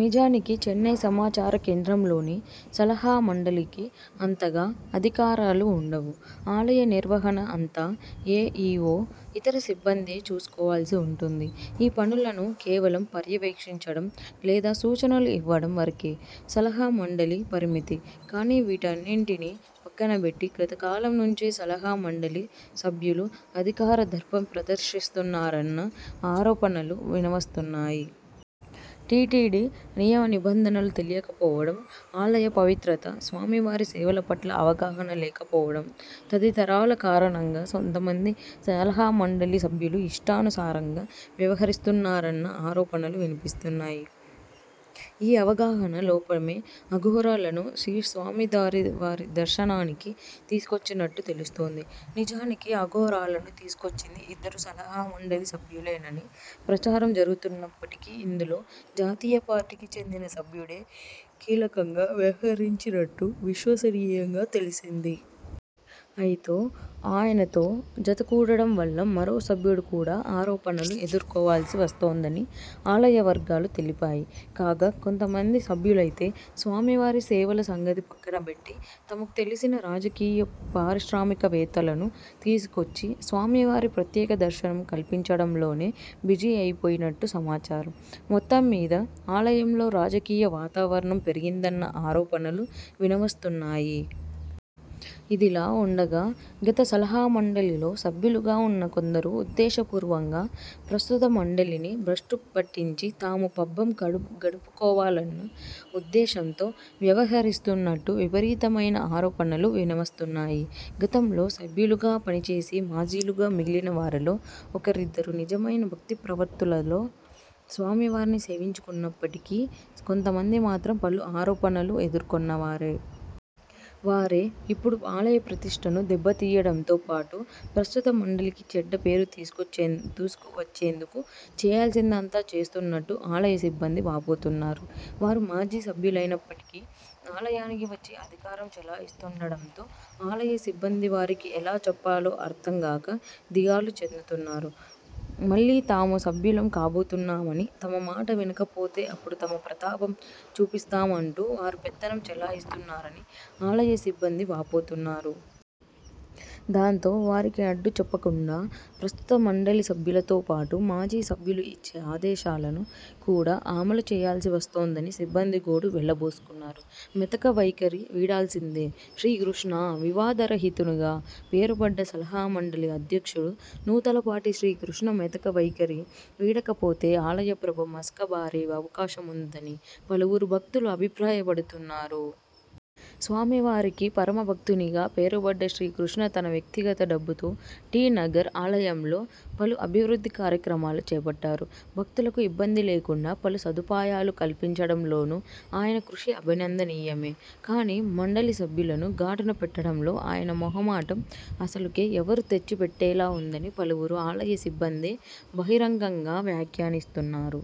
నిజానికి చెన్నై సమాచారకేంద్రంలోని సలహామండలికి అంతగా అధికారాలు ఉండవు. ఆలయ నిర్వహణ అంతా ఏఈవో, ఇతర సిబ్బందే చూసుకోవాల్సి వుంటుంది. ఈ పనులను కేవలం పర్యవేక్షించడం, లేదా సూచనలు ఇవ్వడం వరకే సలహామండలి పరిమితి. కానీ వీటన్నింటినీ పక్కనబెట్టి గతకాలం నుంచే సలహా మండలి సభ్యులు అధికార దర్పం ప్రదర్శిస్తున్నారన్న ఆరోపణలు వినవస్తున్నాయి. టీటీడీ నియమ నిబంధనలు తెలియకపోవడం, ఆలయ పవిత్రత, స్వామివారి సేవల పట్ల అవగాహన లేకపోవడం తదితరాల కారణంగా కొంతమంది సలహామండలి సభ్యులు ఇష్టాను సారంగా వ్యవహరిస్తున్నారన్న ఆరోపణలు వినిపిస్తున్నాయి. ఈ అవగాహనా లోపమే అఘోరా లను శ్రీస్వామివారి దర్శనానికి తీసుకొచ్చినట్టు తెలుస్తోంది. నిజానికి అఘోరాలను తీసుకొచ్చింది ఇద్దరు సలహామండలి సభ్యులేనని ప్రచారం జరుగుతున్నప్పటికీ ఇందులో జాతీయ పార్టీకి చెందిన సభ్యుడే కీలకంగా వ్యవహరించినట్టు విశ్వసనీయంగా తెలిసింది. అయితో ఆయనతో జతకూడడం వల్ల మరో సభ్యుడు కూడా ఆరోపణలు ఎదుర్కోవాల్సి వస్తోందని ఆలయవర్గాలు తెలిపాయి. కాగా కొంతమంది సభ్యులైతే స్వామివారి సేవల సంగతి పక్కనబెట్టి తమకు తెలిసిన రాజకీయ, పారిశ్రామికవేత్తలను తీసుకొచ్చి స్వామివారి ప్రత్యేకదర్శనం కల్పించడంలోనే బిజీ అయిపోయినట్టు సమాచారం. మొత్తంమ్మీద ఆలయంలో రాజకీయ వాతావరణం పెరిగిందన్న ఆరోపణలు వినవస్తున్నాయి. ఇదిలా వుండగా గత సలహామండలిలో సభ్యులుగా వున్న కొందరు ఉద్దేశపూర్వంగా ప్రస్తుత మండలిని భ్రష్టు పట్టించి తాము పబ్బం గడుపుకోవాలని ఉద్దేశంతో వ్యవహరిస్తున్నట్టు విపరీతమైన ఆరోపణలు వినవస్తున్నాయి. గతంలో సభ్యులుగా పనిచేసి మాజీలుగా మిగిలినవారిలో ఒకరిద్దరు నిజమైన భక్తిప్రవత్తులలో స్వామివారిని సేవించుకున్నప్పటికీ కొంతమంది మాత్రం పలు ఆరోపణలు ఎదుర్కొన్నవారే. వారే ఇప్పుడు ఆలయ ప్రతిష్టను దెబ్బతీయడంతో పాటు ప్రస్తుత మండలికి చెడ్డ పేరు తీసుకువచ్చేందుకు చేయాల్సిందంతా చేస్తున్నట్టు ఆలయ సిబ్బంది వాపోతున్నారు. వారు మాజీ సభ్యులైనప్పటికీ ఆలయానికి వచ్చి అధికారం చెలాయిస్తుండడంతో ఆలయ సిబ్బంది వారికి ఎలా చెప్పాలో అర్థంగాక దిగాలు చెందుతున్నారు. మళ్లీ తాము సభ్యులం కాబోతున్నామని, తమ మాట వినకపోతే అప్పుడు తమ ప్రతాపం చూపిస్తామంటూ వారు పెత్తనం చెలాయిస్తున్నారని ఆలయ సిబ్బంది వాపోతున్నారు. దాంతో వారికి అడ్డు చెప్పకుండా ప్రస్తుత మండలి సభ్యులతో పాటు మాజీ సభ్యులు ఇచ్చే ఆదేశాలను కూడా అమలు చేయాల్సివస్తోందని సిబ్బంది గోడు వెళ్లబోసుకున్నారు. మెతకవైఖరి వీడాల్సిందే శ్రీకృష్ణా! వివాదరహితునిగా పేరుబడ్డ సలహామండలి అధ్యక్షుడు నూతలపాటి శ్రీకృష్ణ మెతక వైఖరి వీడకపోతే ఆలయప్రభ మసకబారే అవకాశముందని పలువురు భక్తులు అభిప్రాయపడుతున్నారు. స్వామివారికి పరమభక్తునిగా పేరుబడ్డ శ్రీకృష్ణ తన వ్యక్తిగత డబ్బుతో టి. నగర్ ఆలయంలో పలు అభివృద్ధి కార్యక్రమాలు చేపట్టారు. భక్తులకు ఇబ్బంది లేకుండా పలు సదుపాయాలు కల్పించడంలోనూ ఆయన కృషి అభినందనీయమే. కానీ మండలి సభ్యులను గాటున పెట్టడంలో ఆయన మొహమాటం అసలుకే ఎవరు తెచ్చిపెట్టేలా వుందని పలువురు ఆలయ సిబ్బందే బహిరంగంగా వ్యాఖ్యానిస్తున్నారు.